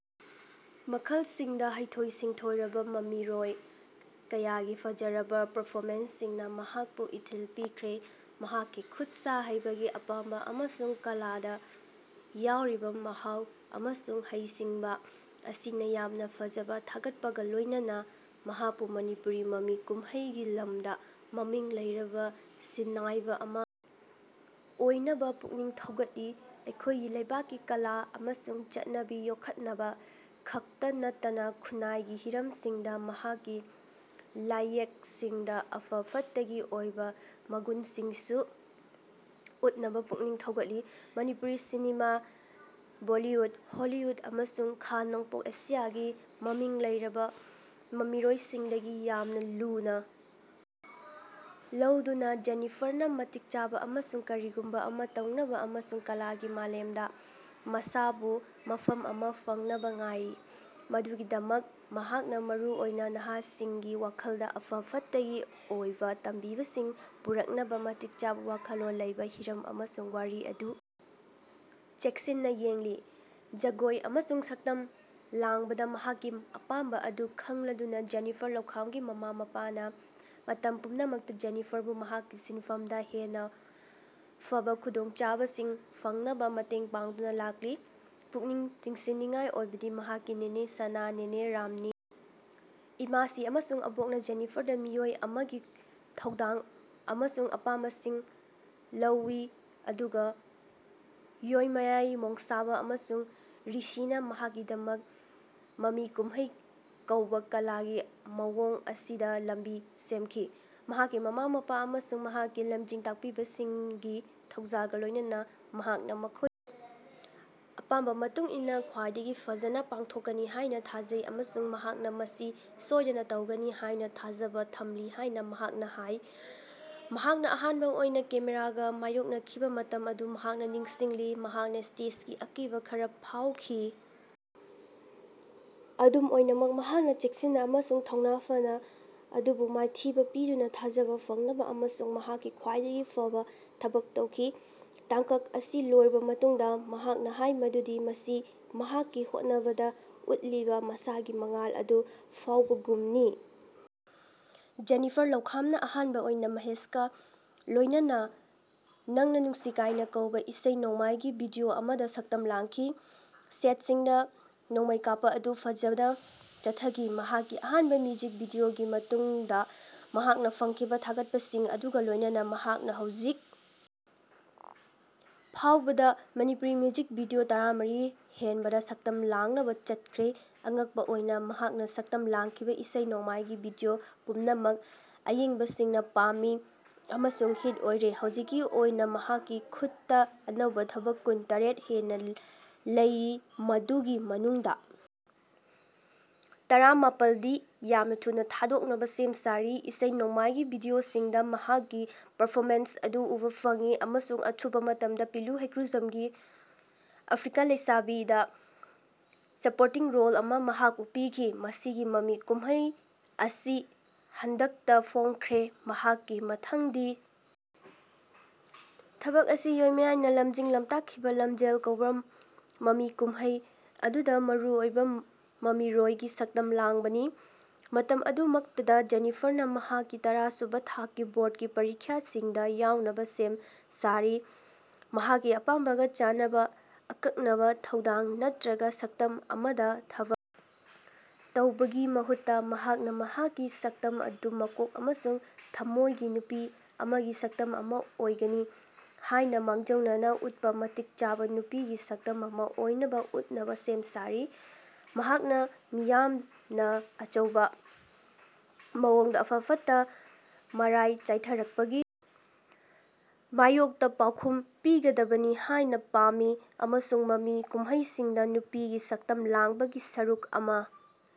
ꯃꯈꯜꯁꯤꯡꯗ ꯍꯩꯊꯣꯏ-ꯁꯤꯡꯊꯣꯏꯔꯕ ꯃꯃꯤꯔꯣꯏ ꯀꯌꯥꯒꯤ ꯐꯖꯔꯕ ꯄꯔꯐꯣꯃꯦꯟꯁꯁꯤꯡꯅ ꯃꯍꯥꯛꯄꯨ ꯏꯊꯤꯜ ꯄꯤꯈ꯭ꯔꯦ꯫ ꯃꯍꯥꯛꯀꯤ ꯈꯨꯠꯁꯥ ꯍꯩꯕꯒꯤ ꯑꯄꯥꯝꯕ ꯑꯃꯁꯨꯡ ꯀꯂꯥꯗ ꯌꯥꯎꯔꯤꯕ ꯃꯍꯥꯎ ꯑꯃꯁꯨꯡ ꯍꯩꯁꯤꯡꯕ ꯑꯁꯤꯅ ꯌꯥꯝꯅ ꯐꯖꯕ ꯊꯥꯒꯠꯄꯒ ꯂꯣꯏꯅꯅ, ꯃꯍꯥꯛꯄꯨ ꯃꯅꯤꯄꯨꯔꯤ ꯃꯃꯤ ꯀꯨꯝꯍꯩꯒꯤ ꯂꯝꯗ ꯃꯃꯤꯡ ꯂꯩꯔꯕ ꯁꯤꯟꯅꯥꯏꯕ ꯑꯃ ꯑꯣꯏꯅꯕ ꯄꯨꯛꯅꯤꯡ ꯊꯧꯒꯠꯂꯤ꯫ꯑꯩꯈꯣꯏꯒꯤ ꯂꯩꯕꯥꯛꯀꯤ ꯀꯂꯥ ꯑꯃꯁꯨꯡ ꯆꯠꯅꯕꯤ ꯌꯣꯛꯈꯠꯅꯕ ꯈꯛꯇ ꯅꯠꯇꯅ ꯈꯨꯟꯅꯥꯏꯒꯤ ꯍꯤꯔꯝꯁꯤꯡꯗ ꯃꯍꯥꯛꯀꯤ ꯂꯥꯏꯌꯦꯛꯁꯤꯡꯗ ꯑꯐ-ꯐꯠꯇꯒꯤ ꯑꯣꯏꯕ ꯃꯒꯨꯟꯁꯤꯡꯁꯨ ꯎꯠꯅꯕ ꯄꯨꯛꯅꯤꯡ ꯊꯧꯒꯠꯂꯤ꯫ ꯃꯅꯤꯄꯨꯔꯤ ꯁꯤꯅꯦꯃꯥ, ꯕꯣꯂꯤꯋꯨꯠ, ꯍꯣꯂꯤꯋꯨꯠ ꯑꯃꯁꯨꯡ ꯈꯥ-ꯅꯣꯡꯄꯣꯛ ꯑꯦꯁꯤꯌꯥꯒꯤ ꯃꯃꯤꯡ ꯂꯩꯔꯕ ꯃꯃꯤꯔꯣꯏꯁꯤꯡꯗꯒꯤ ꯌꯥꯝꯅ ꯂꯨꯅ ꯂꯧꯗꯨꯅ, ꯖꯦꯅꯤꯐꯔꯅ ꯃꯇꯤꯛ ꯆꯥꯕ ꯑꯃꯁꯨꯡ ꯀꯔꯤꯒꯨꯝꯕ ꯑꯃ ꯇꯧꯅꯕ ꯑꯃꯁꯨꯡ ꯀꯂꯥꯒꯤ ꯃꯥꯂꯦꯝꯗ ꯃꯁꯥꯕꯨ ꯃꯐꯝ ꯑꯃ ꯐꯪꯅꯕ ꯉꯥꯏꯔꯤ꯫ ꯃꯗꯨꯒꯤꯗꯃꯛ, ꯃꯍꯥꯛꯅ ꯃꯔꯨꯑꯣꯏꯅ ꯅꯍꯥꯁꯤꯡꯒꯤ ꯋꯥꯈꯜꯗ ꯑꯐ-ꯐꯠꯇꯒꯤ ꯑꯣꯏꯕ ꯇꯝꯕꯤꯕꯁꯤꯡ ꯄꯨꯔꯛꯅꯕ ꯃꯇꯤꯛ ꯆꯥꯕ ꯋꯥꯈꯜꯂꯣꯟ ꯂꯩꯕ ꯍꯤꯔꯝ ꯑꯃꯁꯨꯡ ꯋꯥꯔꯤ ꯑꯗꯨ ꯆꯦꯛꯁꯤꯟꯅ ꯌꯦꯡꯂꯤ꯫ ꯖꯒꯣꯏ ꯑꯃꯁꯨꯡ ꯁꯛꯇꯝ ꯂꯥꯡꯕꯗ ꯃꯍꯥꯛꯀꯤ ꯑꯄꯥꯝꯕ ꯑꯗꯨ ꯈꯪꯂꯗꯨꯅ, ꯖꯦꯅꯤꯐꯔ ꯂꯧꯈꯥꯝꯒꯤ ꯃꯃꯥ-ꯃꯄꯥꯅ ꯃꯇꯝ ꯄꯨꯝꯅꯃꯛꯇ ꯖꯦꯅꯤꯐꯔꯕꯨ ꯃꯍꯥꯛꯀꯤ ꯁꯤꯟꯐꯝꯗ ꯍꯦꯟꯅ ꯐꯕ ꯈꯨꯗꯣꯡꯆꯥꯕꯁꯤꯡ ꯐꯪꯅꯕ ꯃꯇꯦꯡ ꯄꯥꯡꯗꯨꯅ ꯂꯥꯛꯂꯤ꯫ ꯄꯨꯛꯅꯤꯡ ꯆꯤꯡꯁꯤꯟꯅꯤꯡꯉꯥꯏ ꯑꯣꯏꯕꯗꯤ ꯃꯍꯥꯛꯀꯤ ꯅꯦꯅꯦ ꯁꯅꯥ, ꯅꯦꯅꯦ ꯔꯝꯅꯤ, ꯏꯃꯥꯁꯤ ꯑꯃꯁꯨꯡ ꯑꯕꯣꯛꯅ ꯖꯦꯅꯤꯐꯔꯗ ꯃꯤꯑꯣꯏ ꯑꯃꯒꯤ ꯊꯧꯗꯥꯡ ꯑꯃꯁꯨꯡ ꯑꯄꯥꯝꯕꯁꯤꯡ ꯂꯧꯋꯤ ꯑꯗꯨꯒ ꯌꯣꯏꯃꯥꯌꯥꯏ ꯃꯣꯡꯁꯥꯕꯥ ꯑꯃꯁꯨꯡ ꯔꯤꯁꯤꯅ ꯃꯍꯥꯛꯀꯤꯗꯃꯛ ꯃꯃꯤ ꯀꯨꯝꯍꯩ ꯀꯧꯕ ꯀꯂꯥꯒꯤ ꯃꯑꯣꯡ ꯑꯁꯤꯗ ꯂꯝꯕꯤ ꯁꯦꯝꯈꯤ꯫ ꯃꯍꯥꯛꯀꯤ ꯃꯃꯥ-ꯃꯄꯥ ꯑꯃꯁꯨꯡ ꯃꯍꯥꯛꯀꯤ ꯂꯝꯖꯤꯡ-ꯇꯥꯛꯄꯁꯤꯡꯒꯤ ꯊꯧꯖꯥꯜꯒ ꯂꯣꯏꯅꯅ, ꯃꯍꯥꯛꯅ ꯃꯈꯣꯏꯒꯤ ꯑꯄꯥꯝꯕ ꯃꯇꯨꯡ ꯏꯟꯅ ꯈ꯭ꯋꯥꯏꯗꯒꯤ ꯐꯖꯅ ꯄꯥꯡꯊꯣꯛꯀꯅꯤ ꯍꯥꯏꯅ ꯊꯥꯖꯩ ꯑꯃꯁꯨꯡ ꯃꯍꯥꯛꯅ ꯃꯁꯤ ꯁꯣꯏꯗꯅ ꯇꯧꯒꯅꯤ ꯍꯥꯏꯅ ꯊꯥꯖꯕ ꯊꯝꯂꯤ ꯍꯥꯏꯅ ꯃꯍꯥꯛꯅ ꯍꯥꯏ꯫ ꯃꯍꯥꯛꯅ ꯑꯍꯥꯟꯕ ꯑꯣꯏꯅ ꯀꯦꯃꯦꯔꯥꯒ ꯃꯥꯌꯣꯛꯅꯈꯤꯕ ꯃꯇꯝ ꯑꯗꯨ ꯃꯍꯥꯛꯅ ꯅꯤꯡꯁꯤꯡꯂꯤ꯫ ꯃꯍꯥꯛꯅ 'ꯁ꯭ꯇꯦꯖꯀꯤ ꯑꯀꯤꯕ' ꯈꯔ ꯐꯥꯎꯈꯤ, ꯑꯗꯨꯝ ꯑꯣꯏꯅꯃꯛ ꯃꯍꯥꯛꯅ ꯆꯦꯛꯁꯤꯟꯅ ꯑꯃꯁꯨꯡ ꯊꯧꯅꯥ ꯐꯅ ꯑꯗꯨꯕꯨ ꯃꯥꯏꯊꯤꯕ ꯄꯤꯗꯨꯅ ꯊꯥꯖꯕ ꯐꯪꯅꯕ ꯑꯃꯁꯨꯡ ꯃꯍꯥꯛꯀꯤ ꯈ꯭ꯋꯥꯏꯗꯒꯤ ꯐꯕ ꯊꯕꯛ ꯇꯧꯈꯤ꯫ ꯇꯥꯡꯀꯛ ꯑꯁꯤ ꯂꯣꯏꯔꯕ ꯃꯇꯨꯡꯗ, ꯃꯍꯥꯛꯅ ꯍꯥꯏ ꯃꯗꯨꯗꯤ ꯃꯁꯤ "ꯃꯍꯥꯛꯀꯤ ꯍꯣꯠꯅꯕꯗ ꯎꯠꯂꯤꯕ ꯃꯁꯥꯒꯤ ꯃꯉꯥꯜ ꯑꯗꯨ ꯐꯥꯎꯕꯒꯨꯝꯅꯤ"꯫ ꯖꯦꯅꯤꯐꯔ ꯂꯧꯈꯥꯝꯅ ꯑꯍꯥꯟꯕ ꯑꯣꯏꯅ ꯃꯍꯦꯁꯀ ꯂꯣꯏꯅꯅꯥ 'ꯅꯪꯅꯥ ꯅꯨꯡꯁꯤ ꯀꯥꯏꯅꯥ' ꯀꯧꯕ ꯏꯁꯩ-ꯅꯣꯡꯃꯥꯏꯒꯤ ꯚꯤꯗꯤꯑꯣ ꯑꯃꯗ ꯁꯛꯇꯝ ꯂꯥꯡꯈꯤ꯫ ꯁꯦꯠꯁꯤꯡꯗ ꯅꯣꯡꯃꯩ ꯀꯥꯞꯄ ꯑꯗꯨ ꯐꯖꯅ ꯆꯠꯊꯈꯤ꯫ ꯃꯍꯥꯛꯀꯤ ꯑꯍꯥꯟꯕ ꯃ꯭ꯌꯨꯖꯤꯛ ꯚꯤꯗꯤꯑꯣꯒꯤ ꯃꯇꯨꯡꯗ ꯃꯍꯥꯛꯅ ꯐꯪꯈꯤꯕ ꯊꯥꯒꯠꯄꯁꯤꯡ ꯑꯗꯨꯒ ꯂꯣꯏꯅꯅ, ꯃꯍꯥꯛꯅ ꯍꯧꯖꯤꯛ ꯐꯥꯎꯕꯗ ꯃꯅꯤꯄꯨꯔꯤ ꯃ꯭ꯌꯨꯖꯤꯛ ꯚꯤꯗꯤꯑꯣ ꯇꯔꯥꯃꯔꯤ ꯍꯦꯟꯕꯗ ꯁꯛꯇꯝ ꯂꯥꯡꯅꯕ ꯆꯠꯈ꯭ꯔꯦ꯫ ꯑꯉꯛꯄ ꯑꯣꯏꯅ, ꯃꯍꯥꯛꯅ ꯁꯛꯇꯝ ꯂꯥꯡꯈꯤꯕ ꯏꯁꯩ-ꯅꯣꯡꯃꯥꯏꯒꯤ ꯚꯤꯗꯤꯑꯣ ꯄꯨꯝꯅꯃꯛ ꯑꯌꯦꯡꯕꯁꯤꯡꯅ ꯄꯥꯝꯃꯤ ꯑꯃꯁꯨꯡ ꯍꯤꯠ ꯑꯣꯏꯔꯦ꯫ ꯍꯧꯖꯤꯛꯀꯤ ꯑꯣꯏꯅ ꯃꯍꯥꯛꯀꯤ ꯈꯨꯠꯇ ꯑꯅꯧꯕ ꯊꯕꯛ ꯀꯨꯟꯇꯔꯦꯠ ꯍꯦꯟꯅ ꯂꯩꯔꯤ ꯃꯗꯨꯒꯤ ꯃꯅꯨꯡꯗ ꯇꯔꯥꯃꯥꯄꯜꯗꯤ ꯌꯥꯝꯅ ꯊꯨꯅ ꯊꯥꯗꯣꯛꯅꯕ ꯁꯦꯝ ꯁꯥꯔꯤ꯫ ꯏꯁꯩ-ꯅꯣꯡꯃꯥꯏꯒꯤ ꯚꯤꯗꯤꯑꯣꯁꯤꯡꯗ ꯃꯍꯥꯛꯀꯤ ꯄꯔꯐꯣꯃꯦꯟꯁ ꯑꯗꯨ ꯎꯕ ꯐꯪꯉꯤ ꯑꯃꯁꯨꯡ ꯑꯊꯨꯕ ꯃꯇꯝꯗ ꯄꯤꯂꯨ ꯍꯩꯒꯀ꯭ꯔꯨꯖꯝꯒꯤ "ꯑꯐ꯭ꯔꯤꯀꯥꯟ ꯂꯩꯁꯥꯕꯤ"ꯗ ꯁꯄꯣꯔꯇꯤꯡ ꯔꯣꯜ ꯑꯃ ꯃꯍꯥꯛꯄꯨ ꯄꯤꯈꯤ꯫ ꯃꯁꯤꯒꯤ ꯃꯃꯤ ꯀꯨꯝꯍꯩ ꯑꯁꯤ ꯍꯟꯗꯛꯇ ꯐꯣꯡꯈ꯭ꯔꯦ꯫ ꯃꯍꯥꯛꯀꯤ ꯃꯊꯪꯗꯤ ꯊꯕꯛ ꯑꯁꯤ ꯌꯣꯏꯃꯥꯌꯥꯏꯅ ꯂꯝꯖꯤꯡ-ꯂꯝꯇꯥꯛꯈꯤꯕ 'ꯂꯝꯖꯦꯜ' ꯀꯧꯕ ꯃꯃꯤ ꯀꯨꯝꯍꯩ ꯑꯗꯨꯗ ꯃꯔꯨꯑꯣꯏꯕ ꯃꯃꯤꯔꯣꯏꯒꯤ ꯁꯛꯇꯝ ꯂꯥꯡꯕꯅꯤ꯫ ꯃꯇꯝ ꯑꯗꯨꯃꯛꯇꯗ, ꯖꯦꯅꯤꯐꯔꯅ ꯃꯍꯥꯛꯀꯤ ꯇꯔꯥꯁꯨꯕ ꯊꯥꯛꯀꯤ ꯕꯣ꯭ꯔꯠꯀꯤ ꯄꯔꯤꯈꯥꯁꯤꯡꯗ ꯌꯥꯎꯅꯕ ꯁꯦꯝ ꯁꯥꯔꯤ꯫ ꯃꯍꯥꯛꯀꯤ ꯑꯄꯥꯝꯕꯒ ꯆꯥꯅꯕ ꯑꯀꯛꯅꯕ ꯊꯧꯗꯥꯡ ꯅꯠꯇ꯭ꯔꯒ ꯁꯛꯇꯝ ꯑꯃꯗ ꯊꯕꯛ ꯇꯧꯕꯒꯤ ꯃꯍꯨꯠꯇ, ꯃꯍꯥꯛꯅ ꯃꯍꯥꯛꯀꯤ ꯁꯛꯇꯝ ꯑꯗꯨ ꯃꯀꯣꯛ ꯑꯃꯁꯨꯡ ꯊꯃꯣꯏꯒꯤ ꯅꯨꯄꯤ ꯑꯃꯒꯤ ꯁꯛꯇꯝ ꯑꯃ ꯑꯣꯏꯒꯅꯤ ꯍꯥꯏꯅ ꯃꯥꯡꯖꯧꯅꯅ ꯎꯠꯄ ꯃꯇꯤꯛ ꯆꯥꯕ ꯅꯨꯄꯤꯒꯤ ꯁꯛꯇꯝ ꯑꯃ ꯑꯣꯏꯅ ꯎꯠꯅꯕ ꯁꯦꯝ ꯁꯥꯔꯤ꯫ ꯃꯍꯥꯛꯅ ꯃꯤꯌꯥꯝꯅ ꯑꯆꯧꯕ ꯃꯑꯣꯡꯗ ꯑꯐ-ꯐꯠꯇ ꯃꯔꯥꯏ ꯆꯥꯏꯊꯔꯛꯄꯒꯤ ꯃꯥꯌꯣꯛꯇ ꯄꯥꯎꯈꯨꯝ ꯄꯤꯒꯗꯕꯅꯤ ꯍꯥꯏꯅ ꯄꯥꯝꯃꯤ ꯑꯃꯁꯨꯡ ꯃꯃꯤ ꯀꯨꯝꯍꯩꯁꯤꯡꯗ ꯅꯨꯄꯤꯒꯤ ꯁꯛꯇꯝ ꯂꯥꯡꯕꯒꯤ ꯁꯔꯨꯛ ꯑꯃ